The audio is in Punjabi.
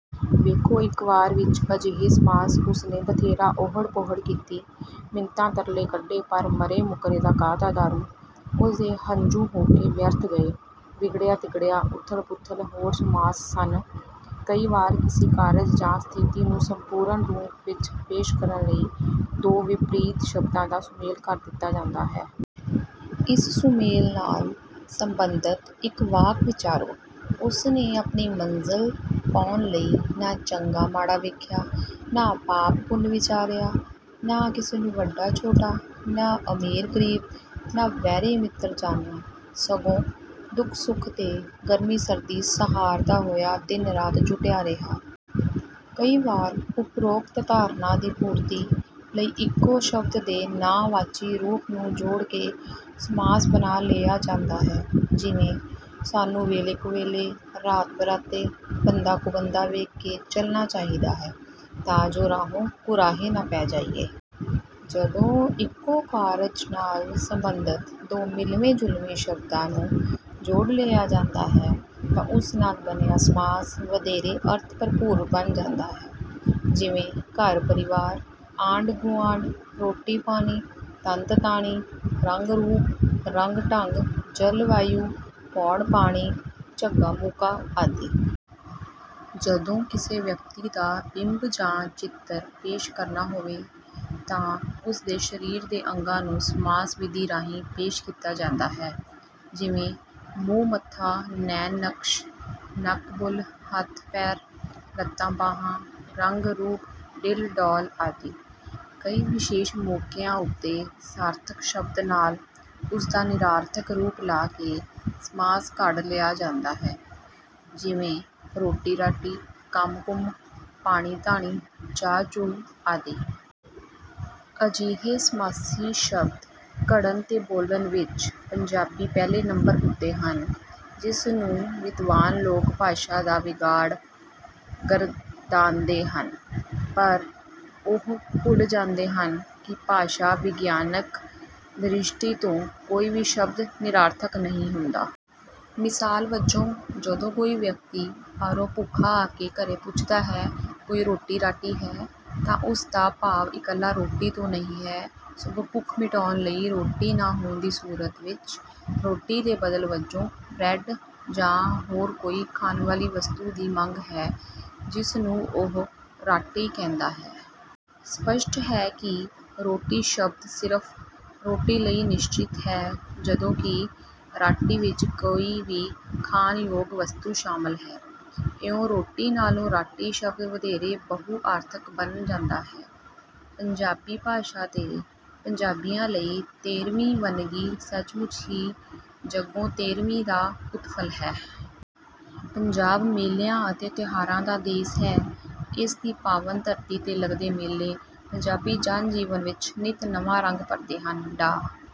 ਵੇਖੋ, ਇੱਕ ਵਾਕ ਵਿੱਚ ਅਜਿਹੇ ਸਮਾਸ “ਉਸ ਨੇ ਬਥੇਰਾ ਓਹੜ-ਪੋਹੜ ਕੀਤਾ, ਮਿੰਨਤਾਂ-ਤਰਲੇ ਕੱਢੇ, ਪਰ ਮਰੇ-ਮੁੱਕਰੇ ਦਾ ਕਾਹਦਾ ਦਾਰੂ! ਉਸ ਦੇ ਹੰਝੂ-ਹੌਕੇ ਵਿਅਰਥ ਗਏ।” ਵਿਗੜਿਆ-ਤਿਗੜਿਆ, ਉਥਲ-ਪੁਥਲ ਹੋਰ ਸਮਾਸ ਹਨ। ਕਈ ਵਾਰ ਕਿਸੇ ਕਾਰਜ ਜਾਂ ਸਥਿਤੀ ਨੂੰ ਸੰਪੂਰਨ ਰੂਪ ਵਿੱਚ ਪੇਸ਼ ਕਰਨ ਲਈ ਦੋ ਵਿਪਰੀਤ ਸ਼ਬਦਾਂ ਦਾ ਸੁਮੇਲ ਕਰ ਦਿੱਤਾ ਜਾਂਦਾ ਹੈ। ਇਸ ਸੁਮੇਲ ਨਾਲ ਸਬੰਧਤ ਇੱਕ ਵਾਕ ਵਿਚਾਰੋ: “ਉਸ ਨੇ ਆਪਣੀ ਮੰਜ਼ਲ ਪਾਉਣ ਲਈ ਨਾ ਚੰਗਾ-ਮਾੜਾ ਵੇਖਿਆ, ਨਾ ਪਾਪ-ਪੁੰਨ ਵਿਚਾਰਿਆ, ਨਾ ਕਿਸੇ ਨੂੰ ਵੱਡਾ-ਛੋਟਾ, ਨਾ ਅਮੀਰ-ਗਰੀਬ, ਨਾ ਵੈਰੀ-ਮਿੱਤਰ ਜਾਣਿਆ, ਸਗੋਂ ਦੁਖ-ਸੁਖ ਤੇ ਗਰਮੀ-ਸਰਦੀ ਸਹਾਰਦਾ ਹੋਇਆ ਦਿਨ-ਰਾਤ ਜੁਟਿਆ ਰਿਹਾ।” ਕਈ ਵਾਰ ਉਪਰੋਕਤ ਧਾਰਨਾ ਦੀ ਪੂਰਤੀ ਲਈ ਇੱਕੋ ਸ਼ਬਦ ਦੇ ਨਾਂਹ-ਵਾਚੀ ਰੂਪ ਨੂੰ ਜੋੜ ਕੇ ਸਮਾਸ ਬਣਾ ਲਿਆ ਜਾਂਦਾ ਹੈ, ਜਿਵੇਂ: “ਸਾਨੂੰ ਵੇਲੇ-ਕੁਵੇਲੇ, ਰਾਤ-ਬਰਾਤੇ, ਬੰਦਾ-ਕੁਬੰਦਾ ਵੇਖ ਕੇ ਚੱਲਣਾ ਚਾਹੀਦਾ ਹੈ, ਤਾਂ ਜੋ ਰਾਹੋਂ ਕੁਰਾਹੇ ਨਾ ਪੈ ਜਾਈਏ।” ਜਦੋਂ ਇੱਕੋ ਕਾਰਜ ਨਾਲ ਸਬੰਧਤ ਦੋ ਮਿਲਵੇਂ-ਜੁਲਵੇਂ ਸ਼ਬਦਾਂ ਨੂੰ ਜੋੜ ਲਿਆ ਜਾਂਦਾ ਹੈ, ਤਾਂ ਉਸ ਨਾਲ ਬਣਿਆ ਸਮਾਸ ਵਧੇਰੇ ਅਰਥ-ਭਰਪੂਰ ਬਣ ਜਾਂਦਾ ਹੈ। ਜਿਵੇਂ—ਘਰ-ਪਰਿਵਾਰ, ਆਂਢ-ਗੁਆਂਢ, ਰੋਟੀ-ਪਾਣੀ, ਤੰਦ-ਤਾਣੀ, ਰੰਗ-ਰੂਪ, ਰੰਗ-ਢੰਗ, ਜਲਵਾਯੂ, ਪੌਣ-ਪਾਣੀ, ਝੱਗਾ-ਮੂਕਾ ਆਦਿ। ਜਦੋਂ ਕਿਸੇ ਵਿਅਕਤੀ ਦਾ ਬਿੰਬ ਜਾਂ ਚਿੱਤਰ ਪੇਸ਼ ਕਰਨਾ ਹੋਵੇ, ਤਾਂ ਉਸ ਦੇ ਸਰੀਰ ਦੇ ਅੰਗਾਂ ਨੂੰ ਸਮਾਸ ਵਿਧੀ ਰਾਹੀਂ ਪੇਸ਼ ਕੀਤਾ ਜਾਂਦਾ ਹੈ, ਜਿਵੇਂ—ਮੂੰਹ-ਮੱਥਾ, ਨੈਣ-ਨਕਸ਼, ਨੱਕ-ਬੁੱਲ੍ਹ, ਹੱਥ-ਪੈਰ, ਲੱਤਾਂ-ਬਾਹਾਂ, ਰੰਗ-ਰੂਪ, ਡੀਲ-ਡੌਲ ਆਦਿ। ਕਈ ਵਿਸ਼ੇਸ਼ ਮੌਕਿਆਂ ਉੱਤੇ ਸਾਰਥਕ ਸ਼ਬਦ ਨਾਲ ਉਸ ਦਾ ਨਿਰਾਰਥਕ ਰੂਪ ਲਾ ਕੇ ਸਮਾਸ ਘੜ ਲਿਆ ਜਾਂਦਾ ਹੈ, ਜਿਵੇਂ—ਰੋਟੀ-ਰਾਟੀ, ਕੰਮ-ਕੁੰਮ, ਪਾਣੀ-ਧਾਣੀ, ਚਾਹ-ਚੂਹ ਆਦਿ। ਅਜਿਹੇ ਸਮਾਸੀ ਸ਼ਬਦ ਘੜਨ ਤੇ ਬੋਲਣ ਵਿੱਚ ਪੰਜਾਬੀ ਪਹਿਲੇ ਨੰਬਰ ਉੱਤੇ ਹਨ, ਜਿਸ ਨੂੰ ‘ਵਿਦਵਾਨ’ ਲੋਕ ਭਾਸ਼ਾ ਦਾ ਵਿਗਾੜ ਗਰਦਾਨਦੇ ਹਨ, ਪਰ ਉਹ ਭੁੱਲ ਜਾਂਦੇ ਹਨ ਕਿ ਭਾਸ਼ਾ-ਵਿਗਿਆਨਕ ਦ੍ਰਿਸ਼ਟੀ ਤੋਂ ਕੋਈ ਵੀ ਸ਼ਬਦ ਨਿਰਾਰਥਕ ਨਹੀਂ ਹੁੰਦਾ। ਮਿਸਾਲ ਵਜੋਂ, ਜਦੋਂ ਕੋਈ ਵਿਅਕਤੀ ਬਾਹਰੋਂ ਭੁੱਖਾ ਆ ਕੇ ਘਰੇ ਪੁੱਛਦਾ ਹੈ, “ਕੋਈ ਰੋਟੀ-ਰਾਟੀ ਹੈ?” ਤਾਂ ਉਸ ਦਾ ਭਾਵ ਇਕੱਲੀ ਰੋਟੀ ਤੋਂ ਨਹੀਂ ਹੈ, ਸਗੋਂ ਭੁੱਖ ਮਿਟਾਉਣ ਲਈ ਰੋਟੀ ਨਾ ਹੋਣ ਦੀ ਸੂਰਤ ਵਿੱਚ ਰੋਟੀ ਦੇ ਬਦਲ ਵਜੋਂ ਬਰੈੱਡ ਜਾਂ ਹੋਰ ਕੋਈ ਖਾਣ ਵਾਲੀ ਵਸਤੂ ਦੀ ਮੰਗ ਹੈ, ਜਿਸ ਨੂੰ ਉਹ ਰਾਟੀ ਕਹਿੰਦਾ ਹੈ। ਸਪਸ਼ਟ ਹੈ ਕਿ ਰੋਟੀ ਸ਼ਬਦ ਸਿਰਫ਼ ਰੋਟੀ ਲਈ ਨਿਸ਼ਚਿਤ ਹੈ, ਜਦੋਂ ਕਿ ਰਾਟੀ ਵਿੱਚ ਕੋਈ ਵੀ ਖਾਣਯੋਗ ਵਸਤੂ ਸ਼ਾਮਲ ਹੈ। ਇਉਂ, ਰੋਟੀ ਨਾਲੋਂ ਰਾਟੀ ਸ਼ਬਦ ਵਧੇਰੇ ਬਹੁ-ਅਰਥਕ ਬਣ ਜਾਂਦਾ ਹੈ। ਪੰਜਾਬੀ ਭਾਸ਼ਾ ਤੇ ਪੰਜਾਬੀਆਂ ਲਈ ਤੇਰ੍ਹਵੀਂ ਵੰਨਗੀ ਸੱਚਮੁੱਚ ਹੀ ਜੱਗੋਂ-ਤੇਰ੍ਹਵੀਂ ਦਾ ਉਤਫਲ ਹੈ। ਪੰਜਾਬ ਮੇਲਿਆਂ ਅਤੇ ਤਿਉਹਾਰਾਂ ਦਾ ਦੇਸ ਹੈ। ਇਸ ਦੀ ਪਾਵਨ ਧਰਤੀ ’ਤੇ ਲੱਗਦੇ ਮੇਲੇ ਪੰਜਾਬੀ ਜਨ-ਜੀਵਨ ਵਿੱਚ ਨਿੱਤ ਨਵਾਂ ਰੰਗ ਭਰਦੇ ਹਨ। ਡਾ....